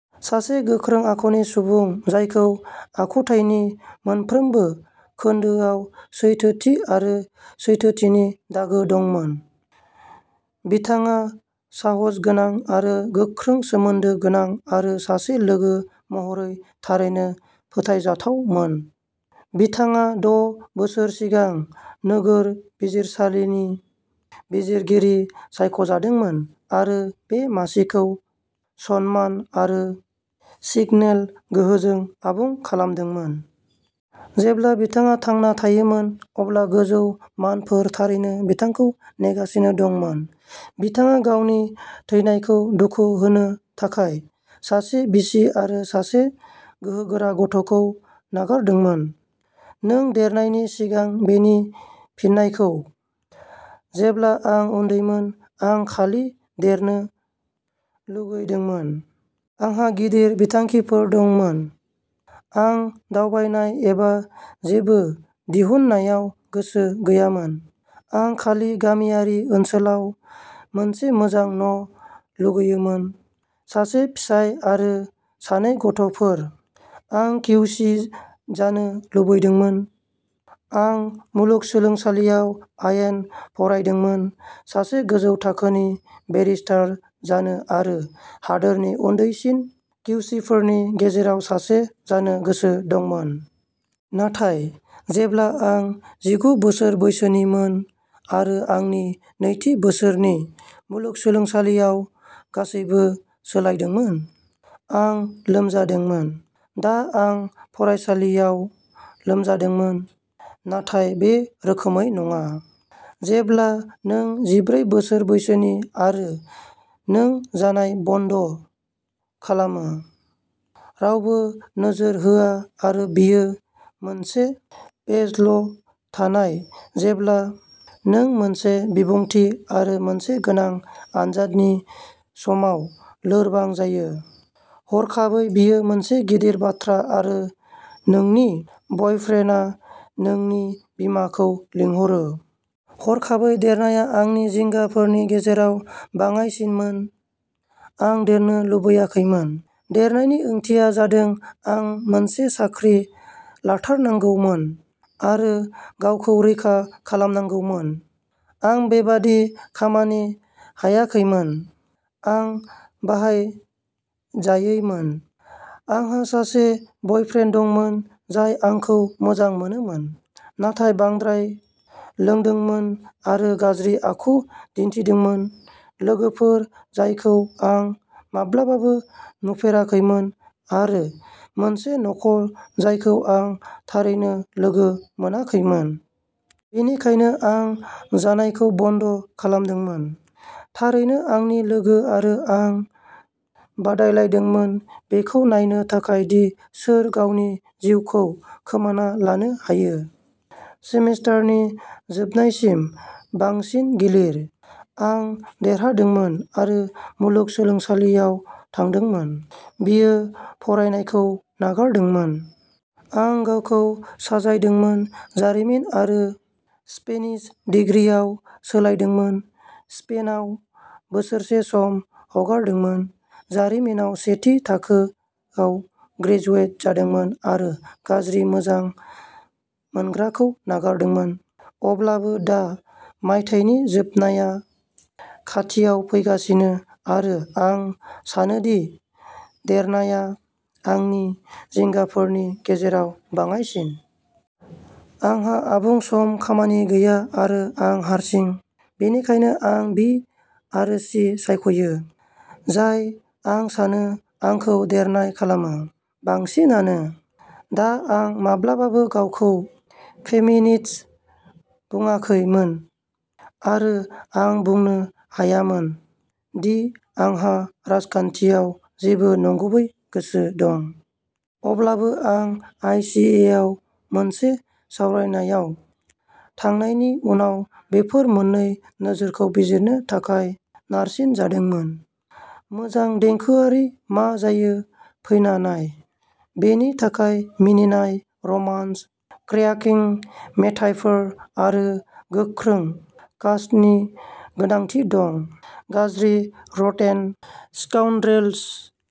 सासे गोख्रों आखुनि सुबुं, जायखौ आखुथायनि मोनफ्रोमबो खोन्दोआव सैथोथि आरो सैथोथिनि दागो दंमोन। बिथाङा साहसगोनां आरो गोख्रों सोमोन्दो गोनां आरो सासे लोगो महरै थारैनो फोथायजाथावमोन। बिथाङा द' बोसोर सिगां नोगोर बिजिरसालिनि बिजिरगिरि सायख'जादोंमोन आरो बे मासिखौ सनमान आरो सिगनेल गोहोजों आबुं खालामदोंमोन। जेब्ला बिथाङा थांना थायोमोन, अब्ला गोजौ मानफोर थारैनो बिथांखौ नेगासिनो दंमोन। बिथाङा गावनि थैनायखौ दुखु होनो थाखाय सासे बिसि आरो सासे गोहोगोरा गथ'खौ नागारदोंमोन। नों देरनायनि सिगां बेनि फिननायखौ। जेब्ला आं उन्दैमोन, आं खालि देरनो लुबैदोंमोन। आंहा गिदिर बिथांखिफोर दंमोन। आं दावबायनाय एबा जेबो दिहुननायाव गोसो गैयामोन, आं खालि गामियारि ओनसोलाव मोनसे मोजां न' लुगैयोमोन, सासे फिसाय आरो सानै गथ'फोर। आं किउसि जानो लुबैदोंमोन आं मुलुगसोलोंसालियाव आयेन फरायदोंमोन सासे गोजौ थाखोनि बेरिस्टार जानो आरो हादोरनि उन्दैसिन किउसिफोरनि गेजेराव सासे जानो गोसो दंमोन। नाथाय, जेब्ला आं जिगु बोसोर बैसोनिमोन आरो आंनि नैथि बोसोरनि मुलुगसोलोंसालियाव, गासैबो सोलायदोंमोन। आं लोमजादोंमोन। दा, आं फरायसालियाव लोमजादोंमोन नाथाय बे रोखोमै नङा। जेब्ला नों जिब्रै बोसोर बैसोनि आरो नों जानाय बन्द' खालामो, रावबो नोजोर होआ आरो बेयो मोनसे फेजल' नाथाय जेब्ला नों मोनसे बिबुंथि आरो मोनसे गोनां आनजादनि समाव लोरबां जायो, हरखाबै बेयो मोनसे गिदिर बाथ्रा आरो नोंनि बयफ्रेन्डआ नोंनि बिमाखौ लिंहरो। हरखाबै देरनाया आंनि जिंगाफोरनि गेजेराव बाङाइसिनमोन आं देरनो लुगैयाखैमोन। देरनायनि ओंथिया जादों आं मोनसे साख्रि लाथारनांगौमोन आरो गावखौ रैखा खालामनांगौमोन। आं बेबादि खालामनो हायाखैमोन, आं बाहायजायैमोन। आंहा सासे बयफ्रेन्ड दंमोन जाय आंखौ मोजां मोनोमोन, नाथाय बांद्राय लोंदोंमोन आरो गाज्रि आखु दिन्थिदोंमोन, लोगोफोर जायखौ आं माब्लाबाबो नुफेराखैमोन आरो मोनसे नखर जायखौ आं थारैनो लोगो मोनाखैमोन। बेनिखायनो आं जानायखौ बन्द' खालामदोंमोन। थारैनो आंनि लोगो आरो आं बादायलायदोंमोन बेखौ नायनो थाखाय दि सोर गावनि जिउखौ खोमाना लानो हायो। सेमिस्टारनि जोबनायसिम बांसिन गिलिर। आं देरहादोंमोन आरो मुलुगसोलोंसालियाव थादोंमोन। बियो फरायनायखौ नागारदोंमोन। आं गावखौ साजायदोंमोन, जारिमिन आरो स्पेनिश दिग्रिआव सोलायदोंमोन, स्पेनआव बोसोरसे सम हगारदोंमोन, जारिमिनाव सेथि थाखोआव ग्रेजुवेट जादोंमोन आरो गाज्रि मोजां मोनग्राखौ नागारदोंमोन। अब्लाबो दा मायथाइनि जोबनाया खाथियाव फैगासिनो आरो आं सानोदि देरनाया आंनि जिंगाफोरनि गेजेराव बाङाइसिन। आंहा आबुं सम खामानि गैया आरो आं हारसिं। बेनिखायनो आं बि आरो सि सायख'यो। जाय, आं सानो, आंखौ देरनाय खालामो। बांसिनानो। दा आं माब्लाबाबो गावखौ फेमिनिस्ट बुङाखैमोन, आरो आं बुंनो हायामोन दि आंहा राजखान्थियाव जेबो नंगुबै गोसो दं। अब्लाबो आं आइसिएआव मोनसे सावरायनायाव थांनायनि उनाव बेफोर मोन्नै नोजोरखौ बिजिरनो थाखाय नारसिनजादोंमोन। मोजां देंखोआरि मा जायो फैना नाय। बेनि थाखाय मिनिनाय, रमान्स, क्र्याकिं मेथाइफोर आरो गोख्रों कास्टनि गोनांथि दं। गाज्रि रटेन स्टाउन्ड्रेल्स।